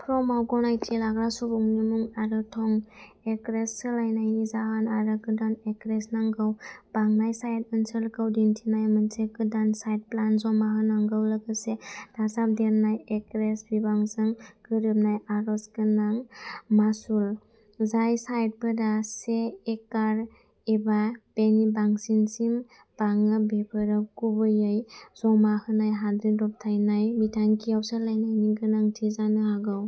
फर्मआव गनायथि लाग्रा सुबुंनि मुं आरो थं, एक्रेज सोलायनायनि जाहोन आरो गोदान एक्रेज नांगौ। बांनाय साइट ओनसोलखौ दिन्थिनाय मोनसे गोदान साइट प्लान जमा होनांगौ लोगोसे दाजाबदेरनाय एक्रेज बिबांजों गोरोबनाय आर'ज गोनां मासुल। जाय साइटफोरा से एकर एबा बेनि बांसिनसिम बाङो बेफोरो गुबैयै जमा होनाय हाद्रि दबथायनाय बिथांखियाव सोलायनायनि गोनांथि जानो हागौ।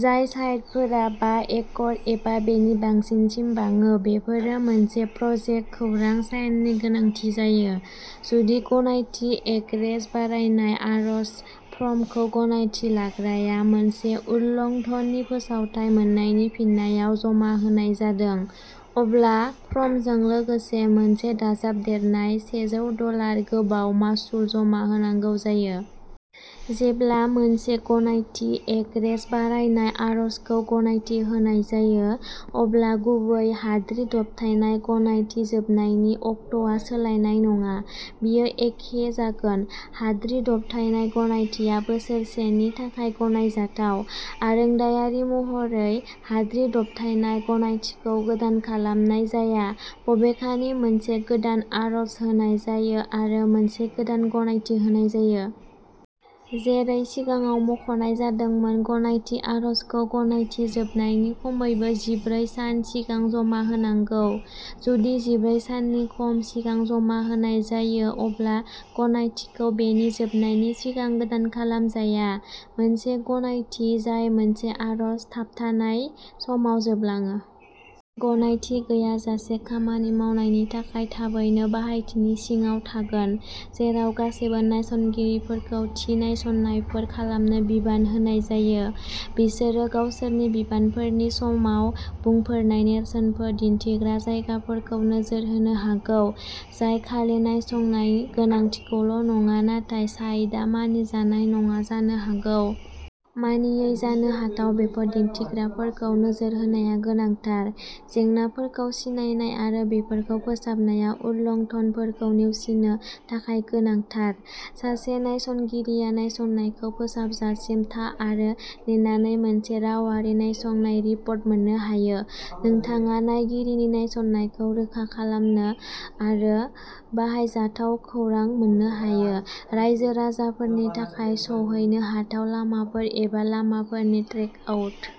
जाय साइटफोरा बा एकर एबा बेनि बांसिनसिम बाङो बेफोरो मोनसे प्रजेक्ट खौरां साइननि गोनांथि जायो। जुदि गनायथि एकरेज बारायनाय आर'ज फर्मखौ गनायथि लाग्राया मोनसे उल्लंथननि फोसावथाय मोननायनि फिननायाव जमा होनाय जादों अब्ला फर्मजों लोगोसे मोनसे दाजाबदेरनाय सेजौ डलार गोबाव मासुल जमा होनांगौ जायो। जेब्ला मोनसे गनायथि एक्ररेज बारायनाय आर'जखौ गनायथि होनाय जायो अब्ला गुबै हाद्रि दबथायनाय गनायथि जोबनायनि अक्ट'आ सोलायनाय नङा बेयो एखे जागोन। हाद्रि दबथायनाय गनायथिआ बोसोरसेनि थाखाय गनायजाथाव। आरोंदायारि महरै, हाद्रि दबथायनाय गनायथिखौ गोदान खालामनाय जाया बबेखानि मोनसे गोदान आर'ज होनाय जायो आरो मोनसे गोदान गनायथि होनाय जायो। जेरै सिगाङाव मुंख'नाय जादोंमोन गनायथि आर'जखौ गनायथि जोबनायनि खमैबो जिब्रै सान सिगां जमा होनांगौ। जुदि जिब्रै साननि खम सिगां जमा होनाय जायो अब्ला गनायथिखौ बेनि जोबनायनि सिगां गोदान खालामजाया। मोनसे गनायथि जाय मोनसे आर'ज थाबथानाय समाव जोबलाङो। गनायथि गैयाजासे खामानि मावनायनि थाखाय थाबैनो बाहायथिनि सिङाव थागोन। जेराव गासैबो नायसंगिरिफोरखौ थि नायसंनायफोर खालामनो बिबान होनाय जायो, बिसोर गावसोरनि बिबानफोरनि समाव "बुंफोरनाय" नेरसोनफोर दिन्थिग्रा जायगाफोरखौ नोजोर होनो हागौ जाय खालि नायसंनायनि गोनांथिखौल' नङा नाथाय साइटआ मानिजानाय नङा जानो हागौ। मानियै जानो हाथाव बेफोर दिन्थिग्राफोरखौ नोजोर होनाया गोनांथार। जेंनाफोरखौ सिनायनाय आरो बेफोरखौ फोसाबनाया उल्लंथनफोरखौ नेवसिनो थाखाय गोनांथार। सासे नायसंगिरिआ नायसंनायखौ फोजोबजासिम था आरो नेनानै मोनसे रावारि नायसंनाय रिपर्ट मोन्नो हायो। नोंथाङा नायगिरिनि नायसंनायखौ रोखा खालामनो आरो बाहायजाथाव खौरां मोन्नो हायो। रायजो-राजाफोरनि थाखाय सौहैनो हाथाव लामाफोर एबा लामाफोरनि ट्रेकआउट।